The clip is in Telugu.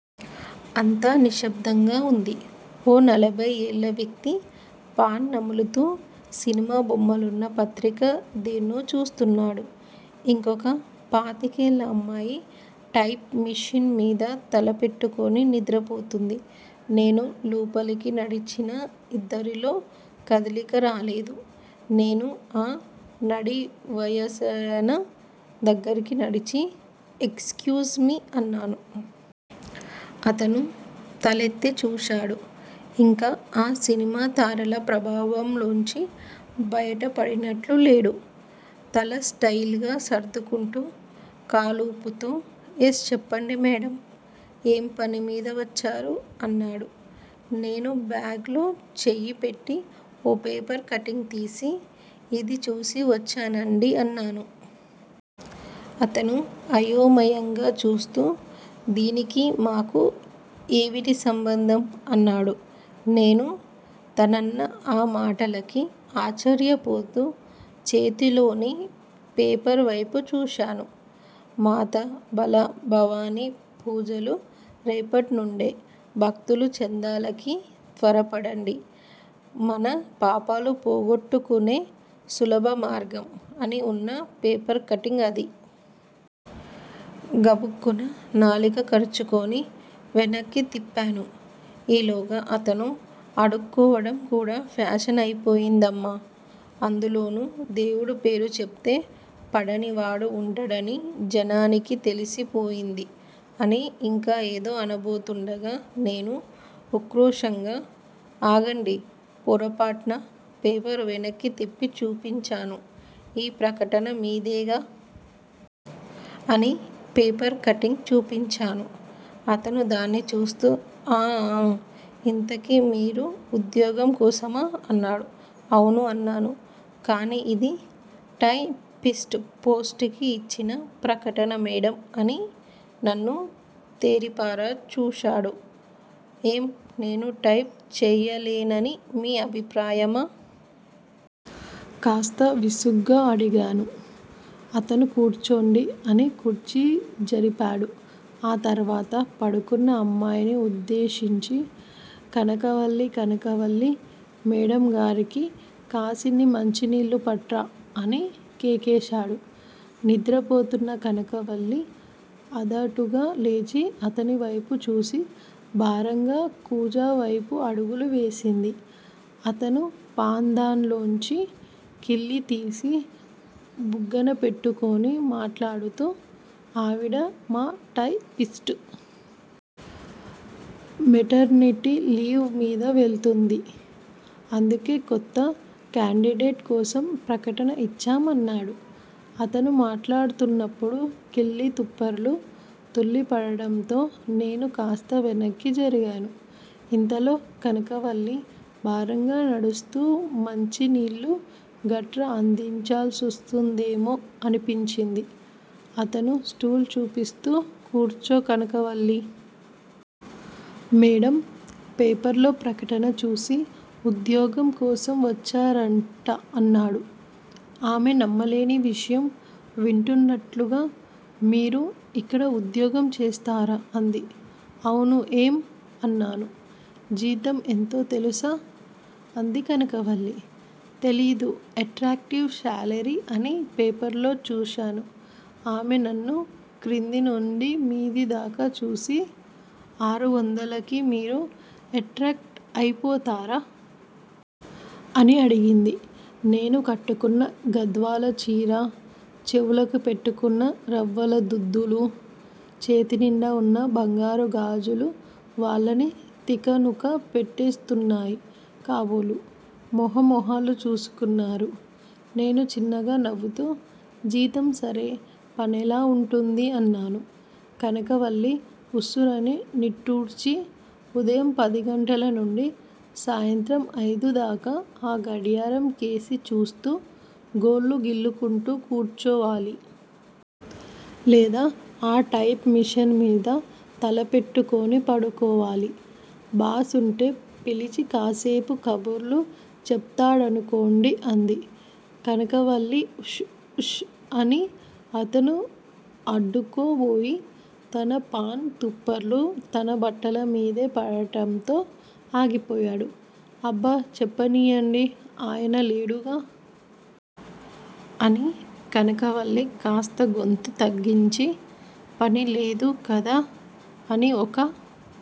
అంతా నిశ్శబ్దంగా వుంది. ఓ నలభై ఏళ్ళ వ్యక్తి పాన్ నములుతూ సినిమా బొమ్మలున్న పత్రిక దేన్నో చూస్తున్నాడు. ఇంకొక పాతికేళ్ళ అమ్మాయి టైప్ మిషన్ మీద తల పెట్టుకుని నిద్రపోతోంది. నేను లోపలికి నడిచినా ఇద్దరిలో కదలిక రాలేదు. నేను ఆ నడివయసాయన దగ్గరకు నడిచి- ఎక్యూజ్ మీ అన్నాను. అతను తలెత్తి చూశాడు. ఇంకా ఆ సినిమా తారల ప్రభావంలోంచి బయటపడినట్లు లేడు! తల స్టయిల్ గా సర్దుకుంటూ, కాలూపుతూ- ఎస్ చెప్పండి మేడమ్! ఏం పనిమీద వచ్చారూ? అన్నాడు. నేను బ్యాగ్ లో చెయ్యి పెట్టి ఓ పేపర్ కట్టింగ్ తీసి- ఇది చూసి వచ్చానండీ అన్నాను. అతను అయోమయంగా చూస్తూ- దీనికి మాకూ ఏవిటి సంబంధం? అన్నాడు. నేను తనన్న ఆ మాటలకి ఆశ్చర్యపోతూ చేతిలోని పేపర్ వైపు చూశాను. 'మాత బాల భవానీ పూజలు రేపట్నుండే, భక్తులు చందాలకి త్వరపడండి మన పాపాలు పోగొట్టుకునే సులభ మార్గం! ' అని వున్న పేపర్ కట్టింగ్ అది! గబుక్కున నాలిక కరుచుకుని వెనక్కి తిప్పాను. ఈలోగా అతను- అడుక్కోవడం కూడా ఫ్యాషన్ అయిపోయిందమ్మా! అందులోనూ దేవుడి పేరు చెప్తే పడని వాడు వుండడని జానానికి తెలిసి పోయింది అని ఇంకా ఏదో అనబోతుండగా- నేను ఉక్రోషంగా ఆగండి పోరపోట్న పేపర్ వెనక్కి తిప్పి చూపించాను ఈ ప్రకటన మీదేగా! అని పేపర్ కట్టింగ్ చూపించాను. అతను దాన్ని చూస్తూ- ఆఁ ఆఁ! ఇంతకీ మీరు ఉద్యోగం కోసమా? అన్నాడు. ఔను అన్నాను. కానీ ఇది టై పిస్ట్ పోస్ట్ కి ఇచ్చిన ప్రకటన మేడమ్ అని నన్ను తేరిపార జూశాడు. ఏం, నేను టైప్ చెయ్యలేననిమీ అభిప్రాయమా? కాస్త విసుగ్గా అడిగాను. అతను కూర్చోండి అని కుర్చీ జరిపాడు ఆ తర్వాత పడుకున్న అమ్మాయిని ఉద్దేశించి- కనక వల్లీ కనకవల్లీ మేడమ్గారికి కాసిని మంచినీళ్ళు పట్రా! అని కేకేశాడు. నిద్రపోతున్న కనకవల్లీ అదాటుగా లేచి, అతనివైపు చూసి, భారంగా కూజావైపు అడుగులు వేసింది. అతను పాన్ దాన్ లోంచి కిళ్లీ తీసి బుగ్గన పెట్టుకుని మాట్లాడ్తూ- ఆవిడ మా టై పిస్ట్! మెటర్నిటి లీవ్ మీద వెళ్తోంది. అందుకే కొత్త కేండిడేట్ కోసం ప్రకటన ఇచ్చాం అన్నాడు. అతను మాట్లాడ్తున్నప్పుడు కిళ్లీ తుంపరలు తుళ్ళి పడటంతో నేను కాస్త వెనక్కి జరిగాను. ఇంతలో కనకవల్లి భారంగా నడుస్తూ మంచి నీళ్ళూ గట్రా అందించాల్సోస్తుందేమో అనిపించింది. అతను స్టూలు చూపిస్తూ- కూర్చో కనకవల్లి! మేడమ్ పేపర్లో ప్రకటన చూసి ఉద్యోగం కోసం వచ్చారట అన్నాడు. ఆమె నమ్మలేని విషయం వింటున్నట్లుగా- మీరు ఇక్కడ ఉద్యోగం చేస్తారా? అంది. ఔనూ ఏం? అన్నాను. జీతం ఎంతో తెలుసా? అంది కనకవల్లి. తెలీదు ఎట్రాక్టివ్ శాలరీ అని పేపర్లో చూశాను ఆమె నన్ను క్రింద నుండి మీది దాకా చూసి, ఆరువందలకి మీరు ఎట్రాక్ట్ అయిపోతారా? అని అడిగింది. నేను కట్టుకున్న గద్వాలచీరా, చెవులకి పెట్టుకున్న రవ్వల దుద్దులూ, చేతినిండా వున్న బంగారు గాజులూ వాళ్ళని తికనుక పెట్టెస్తున్నాయి కాబోలు! మొహ మొహాలు చూసుకున్నారు. నేను చిన్నగా నవ్వుతూ- జీతం సరే! పనెలా వుంటుంది? అన్నాను. కనకవల్లి ఉస్సూరని నిట్టూర్చి- ఉదయం పదిగంటల నుండి సాయంత్రం ఐదు దాకా ఆ గడియారం కేసి చూస్తూ గోళ్ళు గిల్లుకుంటూ కూర్చోవాలి! లేదా ఆ టైప్ మిషన్ మీద తల పెట్టుకుని పడుకోవాలి! బాస్ వుంటే పిలిచి కాసేపు కబుర్లు చెప్తాడనుకొండీ అంది. కనకవల్లీ ఉష్ ష్ అని అతను అడ్డుకో బోయి, తన పాన్ తుంపర్లు తన బట్టలమీదే పడటంతో ఆగిపోయాడు. అబ్బా చెప్పనీయండీ ఆయన లేడుగా అని కనకవల్లి కాస్త గొంతు తగ్గించి-' పని లేదు కదా అని ఒక